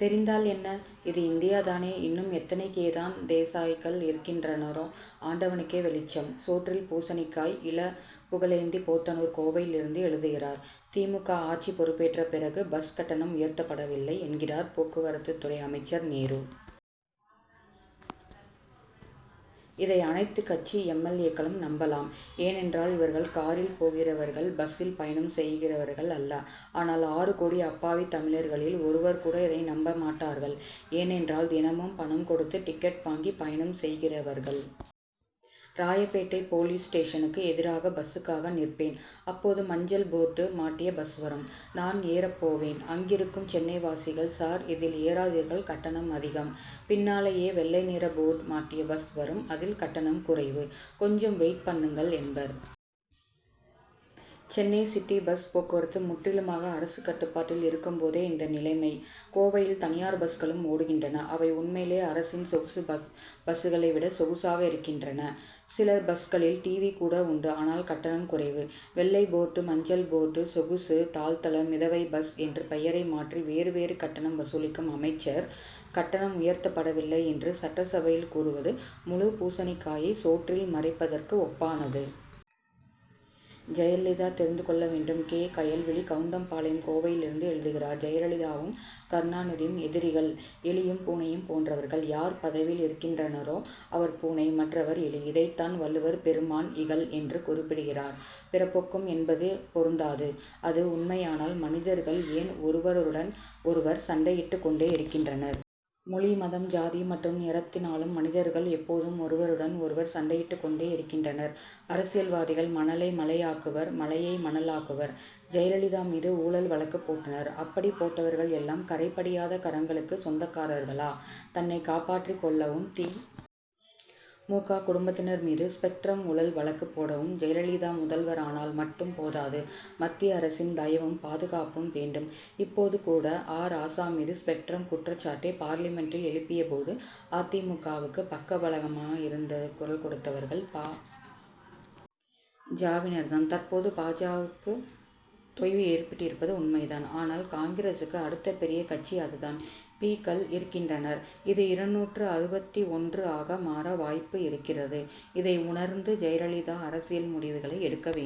தெரிந்தால் என்ன? இது இந்தியா தானே. இன்னும் எத்தனை கேதான் தேசாய்கள் இருக்கின்றனரோ ஆண்டவனுக்கே வெளிச்சம். சோற்றில் பூசணிக்காய்! இள. புகழேந்தி போத்தனூர் கோவையிலிருந்து எழுதுகிறார் தி. மு. க. ஆட்சி பொறுப்பேற்ற பிறகு பஸ் கட்டணம் உயர்த்தப்படவில்லை என்கிறார் போக்குவரத்துத் துறை அமைச்சர் நேரு. இதை அனைத்துக் கட்சி எம். எல். ஏ.க்களும் நம்பலாம். ஏனென்றால் இவர்கள் காரில் போகிறவர்கள் பஸ்சில் பயணம் செய்கிறவர்கள் அல்ல. ஆனால் ஆறு கோடி அப்பாவித் தமிழர்களில் ஒருவர் கூட இதை நம்ப மாட்டார்கள். ஏனென்றால் தினமும் பணம் கொடுத்து டிக்கெட் வாங்கி பயணம் செய்கிறவர்கள். ராயப்பேட்டை போலீஸ் ஸ்டேஷனுக்கு எதிராக பஸ்சுக்காக நிற்பேன். அப்போது மஞ்சள் போர்டு மாட்டிய பஸ் வரும். நான் ஏறப் போவேன். அங்கிருக்கும் சென்னைவாசிகள் சார் இதில் ஏறாதீர்கள் கட்டணம் அதிகம். பின்னாலேயே வெள்ளை நிற போர்டு மாட்டிய பஸ் வரும் அதில் கட்டணம் குறைவு. கொஞ்சம் வெயிட் பண்ணுங்கள் என்பர். சென்னை சிட்டி பஸ் போக்குவரத்து முற்றிலுமாக அரசு கட்டுப்பாட்டில் இருக்கும்போதே இந்த நிலைமை. கோவையில் தனியார் பஸ்களும் ஓடுகின்றன. அவை உண்மையிலேயே அரசின் சொகுசு பஸ்களை விட சொகுசாக இருக்கின்றன. சில பஸ்களில் டிவி கூட உண்டு ஆனால் கட்டணம் குறைவு. வெள்ளை போர்டு மஞ்சள் போர்டு சொகுசு தாழ்தள மிதவை பஸ் என்று பெயரை மாற்றி வேறு வேறு கட்டணம் வசூலிக்கும் அமைச்சர் கட்டணம் உயர்த்தப்படவில்லை என்று சட்டசபையில் கூறுவது முழுப் பூசணிக்காயை சோற்றில் மறைப்பதற்கு ஒப்பானது. ஜெயலலிதா தெரிந்து கொள்ள வேண்டும்! கே. கயல்விழி கவுண்டம் பாளையம் கோவையிலிருந்து எழுதுகிறார் ஜெயலலிதாவும் கருணாநிதியும் எதிரிகள் எலியும் பூனையும் போன்றவர்கள். யார் பதவியில் இருக்கின்றனரோ அவர் பூனை மற்றவர் எலி. இதைத்தான் வள்ளுவர் பெருமான் இகல் என்று குறிப்பிடுகிறார். பிறப்பொக்கும் என்பது பொருந்தாது. அது உண்மையானால் மனிதர்கள் ஏன் ஒருவருடன் ஒருவர் சண்டையிட்டுக் கொண்டே இருக்கின்றனர்? மொழி மதம் ஜாதி மற்றும் நிறத்தினாலும் மனிதர்கள் எப்போதும் ஒருவருடன் ஒருவர் சண்டையிட்டுக் கொண்டே இருக்கின்றனர். அரசியல்வாதிகள் மணலை மலை ஆக்குவர் மலையை மணல் ஆக்குவர். ஜெயலலிதா மீது ஊழல் வழக்கு போட்டனர். அப்படி போட்டவர்கள் எல்லாம் கறை படியாத கரங்களுக்கு சொந்தக்காரர்களா? தன்னைக் காப்பாற்றிக் கொள்ளவும் தி. மு. க. குடும்பத்தினர் மீது ஸ்பெக்ட்ரம் ஊழல் வழக்கு போடவும் ஜெயலலிதா முதல்வர் ஆனால் மட்டும் போதாது மத்திய அரசின் தயவும் பாதுகாப்பும் வேண்டும். இப்போது கூட ஆ. ராசா மீது ஸ்பெக்ட்ரம் குற்றச் சாட்டை பார்லிமென்டில் எழுப்பியபோது அ. தி. மு. க.வுக்கு பக்கபலமாக இருந்து குரல் கொடுத்தவர்கள் பா. ஜ.வினர் தான். தற்போது பா. ஜ.வுக்கு தொய்வு ஏற்பட்டிருப்பது உண்மைதான். ஆனால் காங்கிரசுக்கு அடுத்த பெரிய கட்சி அதுதான். பி.க்கள் இருக்கின்றனர். இது இருநூற்று அறுபத்தி ஒன்று ஆக மாற வாய்ப்பு இருக்கிறது. இதை உணர்ந்து ஜெயலலிதா அரசியல் முடிவுகளை எடுக்க வேண்